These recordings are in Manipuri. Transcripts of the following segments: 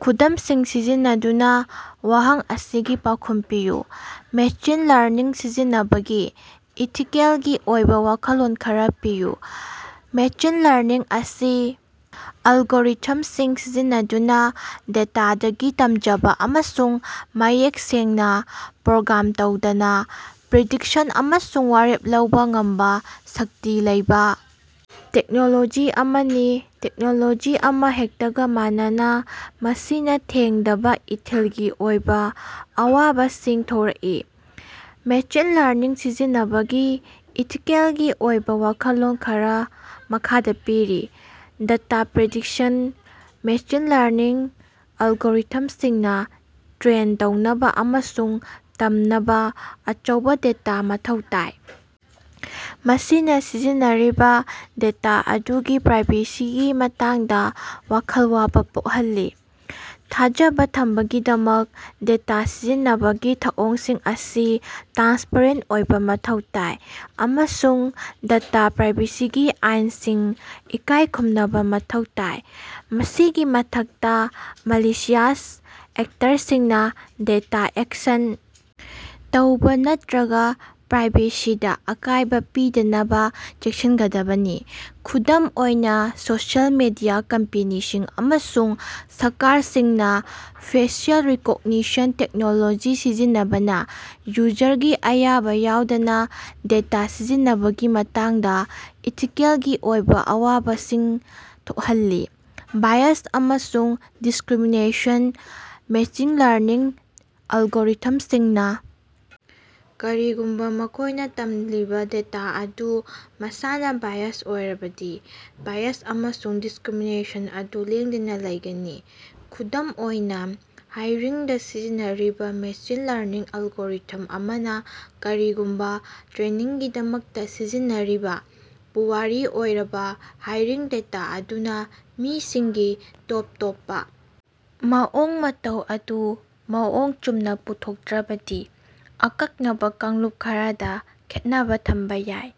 ꯈꯨꯗꯝꯁꯤꯡ ꯁꯤꯖꯤꯟꯅꯗꯨꯅꯥ ꯋꯥꯍꯪ ꯑꯁꯤꯒꯤ ꯄꯥꯎꯈꯨꯝ ꯄꯤꯌꯨ꯫ ꯃꯦꯁꯤꯟ ꯂꯔꯅꯤꯡ ꯁꯤꯖꯤꯟꯅꯕꯒꯤ ꯏꯊꯤꯀꯦꯜꯒꯤ ꯑꯣꯏꯕꯥ ꯋꯥꯈꯜꯂꯣꯟ ꯈꯔꯥ ꯄꯤꯌꯨ꯫ ꯃꯦꯁꯤꯟ ꯂꯔꯅꯤꯡ ꯑꯁꯤ ꯑꯦꯜꯒꯣꯔꯤꯊꯝꯁꯤꯡ ꯁꯤꯖꯤꯟꯅꯗꯨꯅꯥ ꯗꯦꯇꯥꯗꯒꯤ ꯇꯝꯖꯕꯥ ꯑꯃꯁꯨꯡ ꯃꯌꯦꯛ ꯁꯦꯡꯅꯥ ꯄ꯭ꯔꯣꯒ꯭ꯔꯥꯝ ꯇꯧꯗꯅꯥ ꯄ꯭ꯔꯤꯗꯤꯛꯁꯟ ꯑꯃꯁꯨꯡ ꯋꯥꯔꯦꯞ ꯂꯧꯕꯥ ꯉꯝꯕꯥ ꯁꯛꯇꯤ ꯂꯩꯕꯥ ꯇꯦꯛꯅꯣꯂꯣꯖꯤ ꯑꯃꯅꯤ꯫ ꯇꯦꯛꯅꯣꯂꯣꯖꯤ ꯑꯃꯍꯦꯛꯇꯒꯥ ꯃꯥꯟꯅꯅꯥ, ꯃꯁꯤꯅꯥ ꯊꯦꯡꯉꯗꯕꯥ ꯏꯊꯤꯜꯒꯤ ꯑꯣꯏꯕꯥ ꯑꯋꯥꯕꯁꯤꯡ ꯊꯣꯔꯀꯏ꯫ ꯃꯦꯁꯤꯟ ꯂꯔꯅꯤꯡ ꯁꯤꯁꯤꯟꯅꯕꯒꯤ ꯏꯊꯤꯀꯦꯜꯒꯤ ꯑꯣꯏꯕꯥ ꯋꯥꯈꯜꯂꯣꯟ ꯈꯔꯥ ꯃꯈꯥꯗꯥ ꯄꯤꯔꯤ: ꯗꯦꯇꯥ ꯄ꯭ꯔꯥꯏꯚꯦꯁꯤ: ꯃꯦꯁꯤꯟ ꯂꯔꯅꯤꯡ ꯑꯦꯜꯒꯣꯔꯤꯊꯝꯁꯤꯡꯅꯥ ꯇ꯭ꯔꯦꯟ ꯇꯧꯅꯕꯥ ꯑꯃꯁꯨꯡ ꯇꯝꯅꯕꯥ ꯑꯆꯧꯕꯥ ꯗꯦꯇꯥ ꯃꯊꯧ ꯇꯥꯏ, ꯃꯁꯤꯅꯥ ꯁꯤꯁꯤꯟꯅꯔꯤꯕꯥ ꯗꯦꯇꯥ ꯑꯗꯨꯒꯤ ꯄ꯭ꯔꯥꯏꯚꯦꯁꯤꯒꯤ ꯃꯇꯥꯡꯗꯥ ꯋꯥꯈꯜ ꯋꯥꯕꯥ ꯄꯣꯈꯜꯂꯤ꯫ ꯊꯥꯖꯕꯥ ꯊꯝꯅꯕꯒꯤꯗꯃꯛ ꯗꯦꯇꯥ ꯁꯤꯖꯤꯟꯅꯕꯒꯤ ꯊꯧꯑꯣꯡꯁꯤꯡ ꯑꯁꯤ ꯇ꯭ꯔꯥꯟꯁꯄꯔꯦꯟꯇ ꯑꯣꯏꯕꯥ ꯃꯊꯧ ꯇꯥꯏ, ꯑꯃꯁꯨꯡ ꯗꯦꯇꯥ ꯄ꯭ꯔꯥꯏꯚꯦꯁꯤꯒꯤ ꯑꯥꯏꯟꯁꯤꯡ ꯏꯀꯥꯏ ꯈꯨꯝꯅꯕꯥ ꯃꯊꯧ ꯇꯥꯏ꯫ ꯃꯁꯤꯒꯤ ꯃꯊꯛꯇꯥ, ꯃꯥꯂꯤꯁꯤꯌꯁ ꯑꯦꯛꯇꯔꯁꯤꯡꯅꯥ ꯗꯦꯇꯥ ꯑꯦꯛꯁꯦꯁ ꯇꯧꯕꯥ ꯅꯠꯇ꯭ꯔꯒꯥ ꯄ꯭ꯔꯥꯏꯚꯦꯁꯤꯗꯥ ꯑꯀꯥꯌꯕꯥ ꯄꯤꯗꯅꯕꯥ ꯆꯦꯛꯁꯤꯒꯗꯕꯅꯤ꯫ ꯈꯨꯗꯝ ꯑꯣꯏꯅꯥ, ꯁꯣꯁꯤꯑꯦꯜ ꯃꯤꯗꯤꯌꯥ ꯀꯝꯄꯅꯤꯁꯤꯡ ꯑꯃꯁꯨꯡ ꯁꯔꯀꯥꯔꯁꯤꯡꯅꯥ ꯐꯦꯁꯤꯑꯦꯜ ꯔꯤꯀꯣꯒꯅꯤꯁꯟ ꯇꯦꯛꯅꯣꯂꯣꯖꯤ ꯁꯤꯖꯤꯟꯅꯕꯅꯥ ꯌꯨꯖꯔꯒꯤ ꯑꯌꯥꯕꯥ ꯌꯥꯎꯗꯅꯥ ꯗꯦꯇꯥ ꯁꯤꯖꯤꯟꯕꯒꯤ ꯃꯇꯥꯡꯗꯥ ꯏꯊꯤꯀꯦꯜꯒꯤ ꯑꯣꯏꯕꯥ ꯑꯋꯥꯕꯁꯤꯡ ꯊꯣꯈꯜꯂꯤ꯫ ꯕꯥꯏꯌꯁ ꯑꯃꯁꯨꯡ ꯗꯤꯁꯀ꯭ꯔꯤꯃꯤꯅꯦꯁꯟ: ꯃꯦꯁꯤꯟ ꯂꯔꯅꯤꯡ ꯑꯦꯂꯒꯣꯔꯤꯊꯝꯁꯤꯡꯅꯥ ꯀꯔꯤꯒꯨꯝꯕꯥ ꯃꯈꯣꯏꯅꯥ ꯇꯝꯂꯤꯕꯥ ꯗꯦꯇꯥ ꯑꯗꯨ ꯃꯁꯥꯅꯥ ꯕꯥꯏꯌꯖ ꯑꯣꯏꯔꯕꯗꯤ ꯕꯥꯏꯌꯁ ꯑꯃꯁꯨꯡ ꯗꯤꯁꯀ꯭ꯔꯤꯃꯤꯅꯦꯁꯟ ꯑꯗꯨ ꯂꯦꯡꯗꯅꯥ ꯂꯩꯒꯅꯤ꯫ ꯈꯨꯗꯝ ꯑꯣꯏꯅꯥ, ꯍꯥꯏꯌ꯭ꯔꯤꯡꯗꯥ ꯁꯤꯖꯤꯟꯅꯔꯤꯕꯥ ꯃꯦꯁꯤꯟ ꯂꯔꯅꯤꯡ ꯑꯦꯜꯒꯣꯔꯤꯊꯝ ꯑꯃꯅꯥ ꯀꯔꯤꯒꯨꯝꯕꯥ ꯇ꯭ꯔꯦꯅꯤꯡꯒꯤꯗꯃꯛꯇꯥ ꯁꯤꯖꯤꯟꯅꯔꯤꯕꯥ ꯄꯨꯋꯥꯔꯤ ꯑꯣꯏꯔꯕꯥ ꯍꯥꯏꯔꯤꯡ ꯗꯦꯇꯥ ꯑꯗꯨꯅꯥ ꯃꯤꯁꯤꯡꯒꯤ ꯇꯣꯞ ꯇꯣꯞꯄꯥ ꯃꯑꯣꯡ-ꯃꯇꯧ ꯑꯗꯨ ꯃꯑꯣꯡ ꯆꯨꯝꯅꯥ ꯄꯨꯊꯣꯛꯇ꯭ꯔꯕꯗꯤ ꯑꯀꯛꯅꯕꯥ ꯀꯥꯡꯂꯨꯞ ꯈꯔꯗꯥ ꯈꯦꯠꯅꯕꯥ ꯊꯃꯕꯥ ꯌꯥꯏ꯫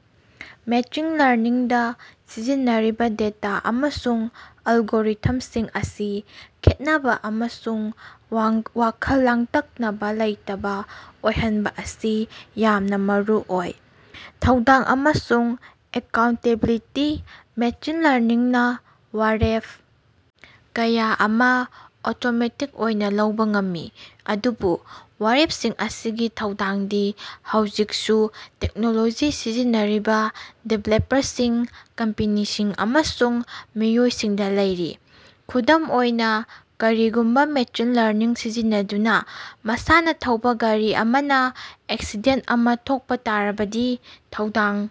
ꯃꯦꯁꯤꯟ ꯂꯔꯅꯤꯡꯗꯥ ꯁꯤꯖꯤꯟꯅꯔꯤꯕꯥ ꯗꯦꯇꯥ ꯑꯃꯁꯨꯡ ꯑꯦꯜꯒꯣꯔꯤꯊꯝꯁꯤꯡ ꯑꯁꯤ ꯈꯦꯠꯅꯕꯥ ꯑꯃꯁꯨꯡ ꯋꯥꯈꯜ ꯂꯥꯡꯇꯛꯅꯕꯥ ꯂꯩꯇꯕꯥ ꯑꯣꯏꯍꯟꯕꯥ ꯑꯁꯤ ꯌꯥꯝꯅꯥ ꯃꯔꯨꯑꯣꯏ꯫ ꯊꯧꯗꯥꯡ ꯑꯃꯁꯨꯡ ꯑꯦꯀꯥꯎꯟꯇꯦꯕꯤꯂꯤꯇꯤ: ꯃꯦꯁꯤꯟ ꯂꯔꯅꯤꯡꯅꯥ ꯋꯥꯔꯦꯞ ꯀꯌꯥ ꯑꯃꯥ ꯑꯣꯇꯣꯃꯦꯇꯤꯛ ꯑꯣꯏꯅꯥ ꯂꯧꯕꯥ ꯉꯝꯃꯤ, ꯑꯗꯨꯕꯨ ꯋꯥꯔꯦꯄꯁꯤꯡ ꯑꯁꯤꯒꯤ ꯊꯧꯗꯥꯡꯗꯤ ꯍꯧꯖꯤꯀꯁꯨ ꯇꯦꯛꯅꯣꯂꯣꯖꯤ ꯁꯤꯖꯤꯟꯅꯔꯤꯕꯥ ꯗꯤꯕꯦꯂꯄꯔꯁꯤꯡ, ꯀꯝꯄꯦꯅꯤꯁꯤꯡ ꯑꯃꯁꯨꯡ ꯃꯤꯑꯣꯏꯁꯤꯡꯗꯥ ꯂꯩꯔꯤ꯫ ꯈꯨꯗꯝ ꯑꯣꯏꯅꯥ, ꯀꯔꯤꯒꯨꯝꯕꯥ ꯃꯦꯁꯤꯟ ꯂꯔꯅꯤꯡ ꯁꯤꯖꯤꯟꯅꯗꯨꯅꯥ ꯃꯁꯥꯅꯥ ꯊꯧꯕꯥ ꯒꯥꯔꯤ ꯑꯃꯅꯥ ꯑꯦꯛꯁꯤꯗꯦꯟꯇ ꯑꯃꯥ ꯊꯣꯛꯕꯥ ꯇꯥꯔꯕꯗꯤ, ꯊꯧꯗꯥꯡ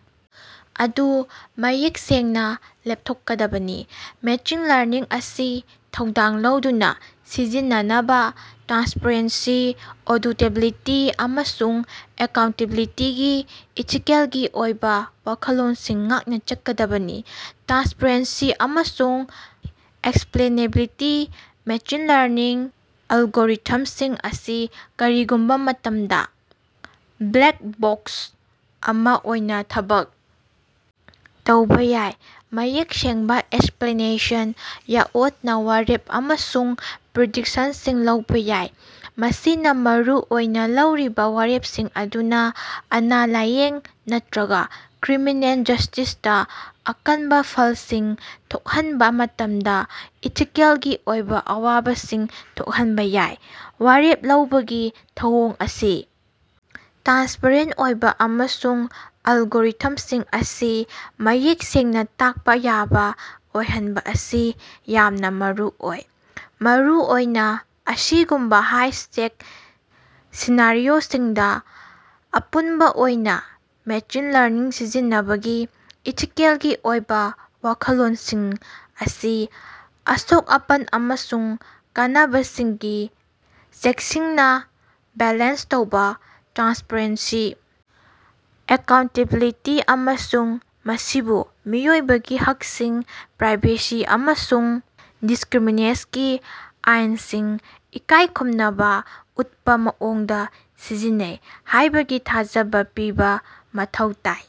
ꯑꯗꯨ ꯃꯌꯦꯛ ꯁꯦꯡꯅꯥ ꯂꯦꯄꯊꯣꯛꯀꯗꯕꯅꯤ꯫ ꯃꯦꯁꯤꯟ ꯂꯔꯅꯤꯡ ꯑꯁꯤ ꯊꯧꯗꯥꯡ ꯂꯧꯗꯨꯅꯥ ꯁꯤꯖꯤꯟꯅꯅꯕꯥ ꯇ꯭ꯔꯥꯟꯁꯄ꯭ꯔꯦꯟꯁꯤ, ꯑꯣꯗꯤꯇꯦꯕꯤꯂꯤꯇꯤ, ꯑꯃꯁꯨꯡ ꯑꯦꯀꯥꯎꯟꯇꯦꯕꯤꯂꯤꯇꯤꯒꯤ ꯏꯊꯤꯀꯦꯜꯒꯤ ꯑꯣꯏꯕꯥ ꯋꯥꯈꯜꯂꯣꯅꯁꯤꯡ ꯉꯥꯛꯅꯥ ꯆꯠꯀꯗꯕꯅꯤ꯫ ꯇ꯭ꯔꯥꯟꯁꯄꯔꯦꯟꯁꯤ ꯑꯃꯁꯨꯡ ꯑꯦꯛꯁꯄ꯭ꯂꯦꯅꯦꯕꯤꯂꯤꯇꯤ: ꯃꯦꯁꯤꯟ ꯂꯔꯅꯤꯡ ꯑꯦꯂꯒꯣꯔꯤꯊꯃꯁꯤꯡ ꯑꯁꯤ ꯀꯔꯤꯒꯨꯝꯕꯥ ꯃꯇꯃꯗꯥ "ꯕ꯭ꯂꯦꯛ ꯕꯣꯛꯁ" ꯑꯃꯥ ꯑꯣꯏꯅꯥ ꯊꯕꯛ ꯇꯧꯕꯥ ꯌꯥꯏ, ꯃꯌꯦꯛ ꯁꯦꯡꯕꯥ ꯑꯦꯛꯁꯄ꯭ꯂꯦꯅꯦꯁꯟ ꯌꯥꯑꯣꯗꯅꯥ ꯋꯥꯔꯦꯞ ꯑꯃꯁꯨꯡ ꯄ꯭ꯔꯤꯗꯤꯛꯁꯟꯁꯤꯡ ꯂꯧꯕꯥ ꯌꯥꯏ꯫ ꯃꯁꯤꯅꯥ ꯃꯔꯨꯑꯣꯏꯅꯥ ꯂꯧꯔꯤꯕꯥ ꯋꯥꯔꯦꯞꯁꯤꯡ ꯑꯗꯨꯅꯥ ꯑꯅ-ꯂꯥꯏꯌꯦꯡ ꯅꯠꯇ꯭ꯔꯒꯥ ꯀ꯭ꯔꯤꯃꯤꯅꯦꯜ ꯖꯁ꯭ꯇꯤꯁꯇꯥ ꯑꯀꯟꯕꯥ ꯐꯂꯜꯁꯤꯡ ꯊꯣꯛꯍꯟꯕꯥ ꯃꯇꯝꯗꯥ ꯏꯊꯤꯀꯦꯂꯒꯤ ꯑꯣꯏꯕꯥ ꯑꯋꯥꯕꯁꯤꯡ ꯊꯣꯛꯍꯟꯕꯥ ꯌꯥꯏ꯫ ꯋꯥꯔꯦꯞ ꯂꯧꯕꯒꯤ ꯊꯧꯑꯣꯡ ꯑꯁꯤ ꯇ꯭ꯔꯥꯟꯁꯄ꯭ꯔꯦꯟꯇ ꯑꯣꯏꯕꯥ ꯑꯃꯁꯨꯡ ꯑꯦꯂꯒꯣꯔꯤꯊꯝꯁꯤꯡ ꯑꯁꯤ ꯃꯌꯦꯛ ꯁꯦꯡꯅꯥ ꯇꯥꯛꯄꯥ ꯌꯥꯕꯥ ꯑꯣꯏꯍꯟꯕꯥ ꯑꯁꯤ ꯌꯥꯝꯅꯥ ꯃꯔꯨꯑꯣꯏ, ꯃꯔꯨꯑꯣꯏꯅꯥ ꯑꯁꯤꯒꯨꯝꯕꯥ ꯍꯥꯏ-ꯁ꯭ꯇꯦꯛ ꯁꯤꯅꯥꯔꯤꯑꯣꯁꯤꯡꯗꯥ꯫ ꯑꯄꯨꯟꯕꯥ ꯑꯣꯏꯅꯥ, ꯃꯦꯁꯤꯟ ꯂꯔꯅꯤꯡ ꯁꯤꯖꯤꯟꯅꯕꯒꯤ ꯏꯊꯤꯀꯦꯜꯒꯤ ꯑꯣꯏꯕꯥ ꯋꯥꯈꯜꯂꯣꯅꯁꯤꯡ ꯑꯁꯤ ꯑꯁꯣꯛ-ꯑꯄꯟ ꯑꯃꯁꯨꯡ ꯀꯥꯟꯅꯕꯁꯤꯡꯒꯤ ꯆꯦꯀꯁꯤꯟꯅꯥ ꯕꯦꯂꯦꯟꯁ ꯇꯧꯕꯥ, ꯇ꯭ꯔꯥꯟꯁꯄ꯭ꯔꯦꯟꯁꯤ, ꯑꯦꯀꯥꯎꯟꯇꯦꯕꯤꯂꯤꯇꯤ, ꯑꯃꯁꯨꯡ ꯃꯁꯤꯕꯨ ꯃꯤꯑꯣꯏꯕꯒꯤ ꯍꯛꯁꯤꯡ, ꯄ꯭ꯔꯥꯏꯚꯦꯁꯤ ꯑꯃꯁꯨꯡ ꯗꯤꯁꯀ꯭ꯔꯤꯃꯤꯅꯦꯁꯒꯤ ꯑꯥꯏꯟꯁꯤꯡ ꯏꯀꯥꯏꯈꯨꯝꯅꯕꯥ ꯑꯨꯠꯄꯥ ꯃꯑꯣꯡꯗꯥ ꯁꯤꯖꯤꯟꯅꯩ ꯍꯥꯌꯕꯒꯤ ꯊꯥꯖꯕꯥ ꯄꯤꯕꯥ ꯃꯊꯧ ꯇꯥꯏ꯫